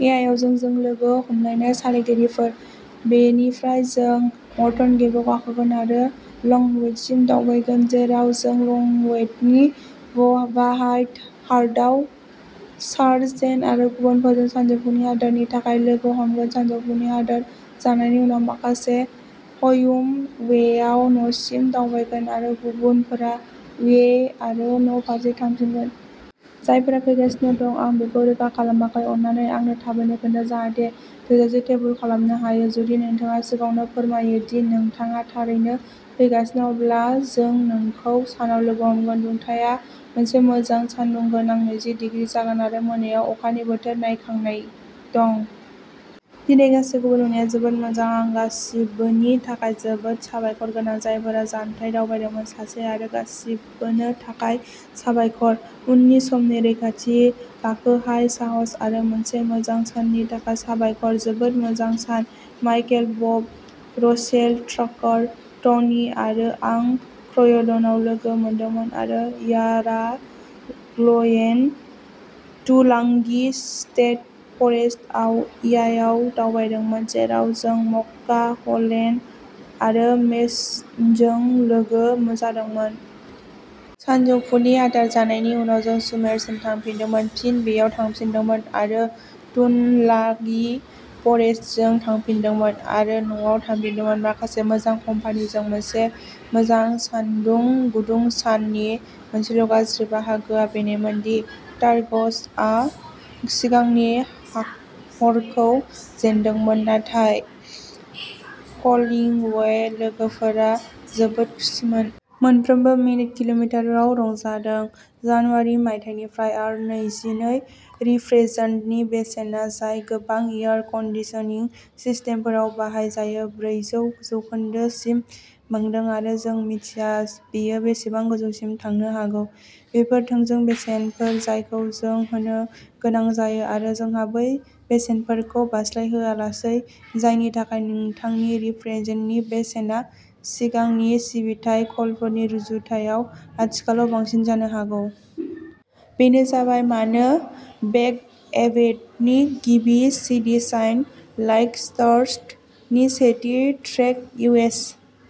येयाव जोंजों लोगो हमलायनाय सालायगिरिफोर। बेनिफ्राय जों मर्टन गेपआव गाखोगोन आरो लंवुडसिम दावबायगोन जेराव जों लंवुडनि व्हाइट हार्टआव सारा-जेन आरो गुबुनफोरजों सानजौफुनि आदारनि थाखाय लोगो हमगोन। सानजौफुनि आदार जानायनि उनाव माखासेया हयुम ह'वेआव न'सिम दावबायगोन आरो गुबुनफोरा ये आरो न'फारसे थांफिनगोन। जायफोरा फैगासिनो दं आं बेखौ रोखा खालामाखै, अननानै आंनो थाबैनो खोन्था जाहाथे थोजासे टेबोल बुक खालामनो हायो। जुदि नोंथाङा सिगाङावनो फोरमायो दि नोंथाङा थारैनो फैगासिनो, अब्ला जों नोंखौ सानाव लोगो हमगोन। दुंथाया मोनसे मोजां सान्दुं गोनां नैजि डिग्री जागोन आरो मोनायाव अखानि बोथोर नायखांनाय दं। दिनै गासिबोखौ नुनाया जोबोद मोजांमोन आं गासिबोनि थाखाय जोबोद साबायखरगोनां, जायफोरा जानथाय दावबायदोंमोन। सासे आरो गासिबोनो थाखाय साबायखर। उननि समसिम-रैखाथियै गाखो हाय साहस आरो मोनसे मोजां साननि थाखाय साबायखर। जोबोद मोजां सान। माइकेल, बब, रासेल, ट्राकार, टनि आरो आं क्रयडनआव लोगो मोनदोंमोन आरो यारा ग्लयेन, टुलांगि स्टेट फरेस्ट आरो येयाव दावबायदोंमोन जेराव जों मक्का, हेलेन आरो मेसनजों लोगो जादोंमोन। सानजौफुनि आदार जानायनि उनाव जों सेमुरसिम थांफिनदोंमोन, फिन येयाव थांफिनदोंमोन आरो टुनलागि फरेस्टजों थांफिनदोंमोन आरो न'आव थांफिनदोंमोन। माखासे मोजां कम्पानिजों मोनसे मोजां सानदुं गुदुं सान। साननि मोनसेल' गाज्रि बाहागोआ बेनोमोन दि टाइगर्सआ सिगांनि हरखौ जेनदोंमोन, नाथाय कलिंवुड लोगोफोरा जोबोद खुसिमोन। मोनफ्रोम मिनिट किल'मिटाराव रंजादों। जानुवारि मायथाइनिफ्राय आर नैजिनै रेफ्रेजेन्टनि बेसेना, जाय गोबां एयार कन्दिसनिं सिस्टेमफोराव बाहायजायो, ब्रैजौ जौखोनदो सिम बांदों आरो जों मिथिया बेयो बेसेबां गोजौसिम थांनो हागौ। बेफोर थोंजों बेसेनफोर जायखौ जों होनो गोनां जायो आरो जोंहा बै बेसेनफोरखौ बारस्लायहोआलासै, जायनि थाखाय नोंथांनि रेफ्रिजारेन्टनि बेसेना सिगांनि सिबिथाइ कलफोरनि रुजुथायाव आथिखालाव बांसिन जानो हागौ। बेनो जाबाय मानो बेक एबटनि गिबि सिडि शाइन लाइक स्टार्स नि सेथि ट्रेक इउ एस।